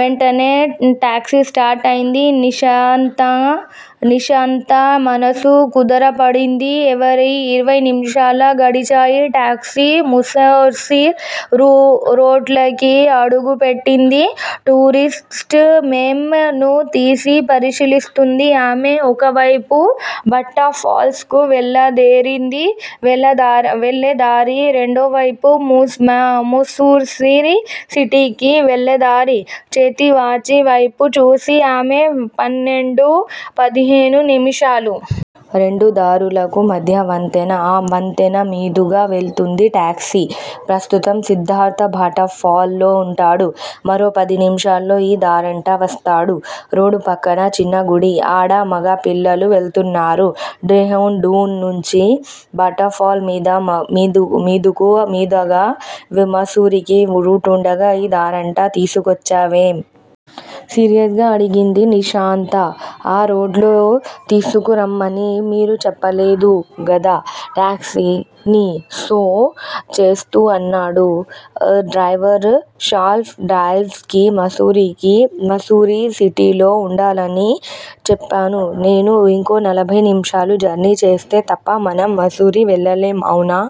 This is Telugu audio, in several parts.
వెంటనే టాక్సీ స్టార్టయింది. నిశాంత మనసు కుదటపడింది. ఇరవై నిమిషాలు గడిచాయి. టాక్సీ ముస్సోరీ రూట్లోకి అడుగుపెట్టింది. టూరిస్ట్ మేప్ ను తీసి పరిశీలిస్తోంది ఆమె. ఒకవైపు భట్టాఫాల్స్ కు వెళ్ళేదారి. రెండోవైపు ముస్సోరి సిటీకి వెళ్ళేదారి. చేతివాచీ వైపు చూసింది ఆమె. పన్నెండు పదిహేను నిముషాలు. రెండుదారులకు మధ్య వంతెన. ఆ వంతెన మీదుగా వెళ్తోంది టాక్సీ. ప్రస్తుతం సిద్ధార్ధ భట్టాఫాల్స్ లో వుంటాడు. మరో పదినిమిషాల్లో ఈ దారంట వస్తాడు. రోడ్డు ప్రక్కన చిన్న గుడి. ఆడా, మగా, పిల్లలు వెళుతున్నారు. డెహ్రాడూన్ నుంచి భట్టాఫాల్స్ మీదుగా ముస్సోరీకి రూటుండగా ఈ దారంట తీసుకొచ్చావేం? సీరియస్ గా అడిగింది నిశాంత. ఆ రూట్లో తీసుకురమ్మని మీరు చెప్పలేదు గదా టాక్సీని స్లో చేస్తూ అన్నాడు డ్రైవర్. షార్ప్ ట్వెల్వ్ కి, ముస్సోరి సిటీలో వుండాలని చెప్పాను నేను ఇంకో నలభై నిమిషాలు జర్నీ చేస్తే తప్ప మనం ముస్సోరీ వెళ్ళలేం. అవునా?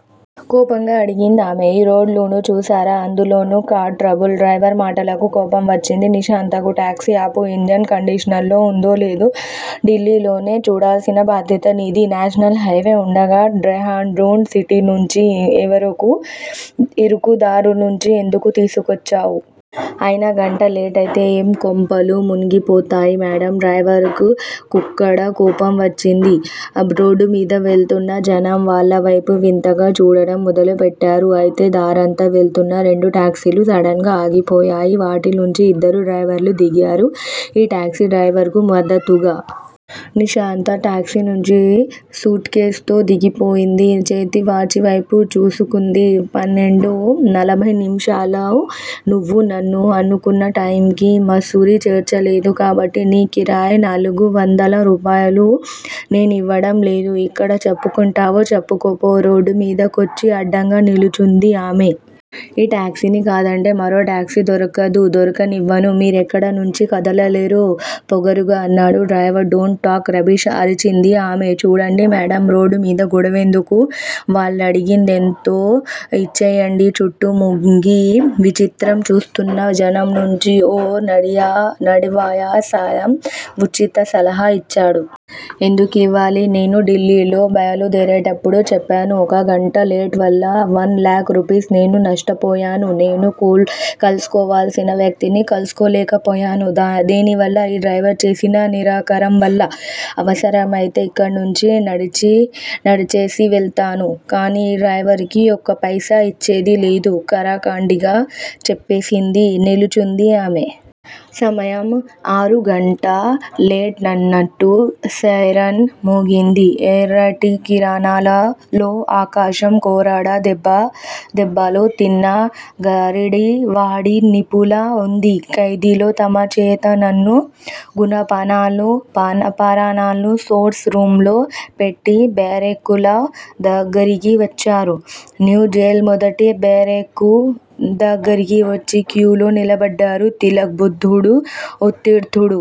కోపంగా అడిగింది ఆమె. ఈ రోడ్లను చూసారా అందులోనూ కారు ట్రబుల్. డ్రైవర్ మాటలకు కోపం వచ్చింది నిశాంతకు. టాక్సీ ఆపు. ఇంజన్ కండీషన్లో వుందో, లేదో ఢిల్లీలోనే చూడాల్సిన బాధ్యత నీది. నేషనల్ హైవే వుండగా, డెహ్రాడూన్ సిటీలోంచి, ఇరుకు దారుల్లోంచి ఎందుకు తీసుకొచ్చావ్? అయినా గంట లేటైతే ఏం కొంపలు మునిగిపోతాయ్ మేడమ్ డ్రైవర్ క్కూడా కోపం వచ్చింది. రోడ్డుమీద వెళుతున్న జనం వాళ్ళవేపే వింతగా చూడడం మొదలుపెట్టారు. అదే దారంత వెళుతున్న రెండు టాక్సీలు సడన్ గా ఆగిపోయాయి. వాటిల్లోంచి ఇద్దరు డ్రైవర్లు దిగారు. ఈ టాక్సీ డ్రైవర్ కు మద్దతుగా. నిశాంత టాక్సీలోంచి సూట్ కేసుతో దిగిపోయింది. చేతి వాచీవైపు చూసుకుంది. పన్నెండు నలభై నిమిషాలు. నువ్వు నన్ను అనుకున్న టైమ్ కి ముస్సోరీ చేర్చలేదు కాబట్టి, నీ కిరాయి నాలుగు వందల రూపాయలు నేనివ్వడం లేదు. ఎక్కడ చెప్పుకుంటావో చెప్పుకో పో. రోడ్డు మీదకొచ్చి అడ్డంగా నిల్చుంది ఆమె. ఈ టాక్సీని కాదంటే మరో టాక్సీ దొరకదు దొరకనివ్వను. మీరిక్కడ నుంచి కదల్లేరు పొగరుగా అన్నాడు డ్రైవర్. డోంట్ టాక్ రబ్బిష్ అరిచింది ఆమె. చూడండి మేడమ్! రోడ్డుమీద గొడవెందుకు వాళ్ళడిగిందేదో ఇచ్చెయ్యండి చుట్టూ మూగి, విచిత్రం చూస్తున్న జనంలోంచి ఓ నడివయసాయన వుచిత సలహా యిచ్చాడు. ఎందుకివ్వాలి! నేను ఢిల్లీలో బయలుదేరేటప్పుడు చెప్పాను ఒక గంట లేట్ వల్ల, వన్ లాక్ రూపీస్ నేను నష్టపోయాను. నేను కల్సుకోవాల్సిన వక్తిని కల్సుకోలేకపోయాను దేనివల్ల ఈ డ్రైవర్ చేసిన నిర్వాకం వల్ల అవసరమైతే ఇక్కడ్నించి నడిచెళ్తాను కానీ ఈ డ్రైవర్ కి ఒక్క పైసా యిచ్చేది లేదు ఖరాఖండిగా చెప్పేసి నిల్చుంది ఆమె. సమయం ఆరుగంటలైనట్టు సైరన్ మ్రోగింది. ఎర్రటి కిరణాలలో ఆకాశం కొరడా దెబ్బలు తిన్న గారడీవాడి వీపులా వుంది. ఖైదీలు తమ చేతనున్న గునపాలను, పారలను స్టోర్స్ రూమ్ లో పెట్టి బ్యారెక్కుల దగ్గరికి వచ్చారు. న్యూజైల్ మొదటి బ్యారెక్కు దగ్గరికొచ్చి క్యూలో నిలబడ్డారు తిలక్, బుద్ధుడు, ఉత్తీర్ణుడు.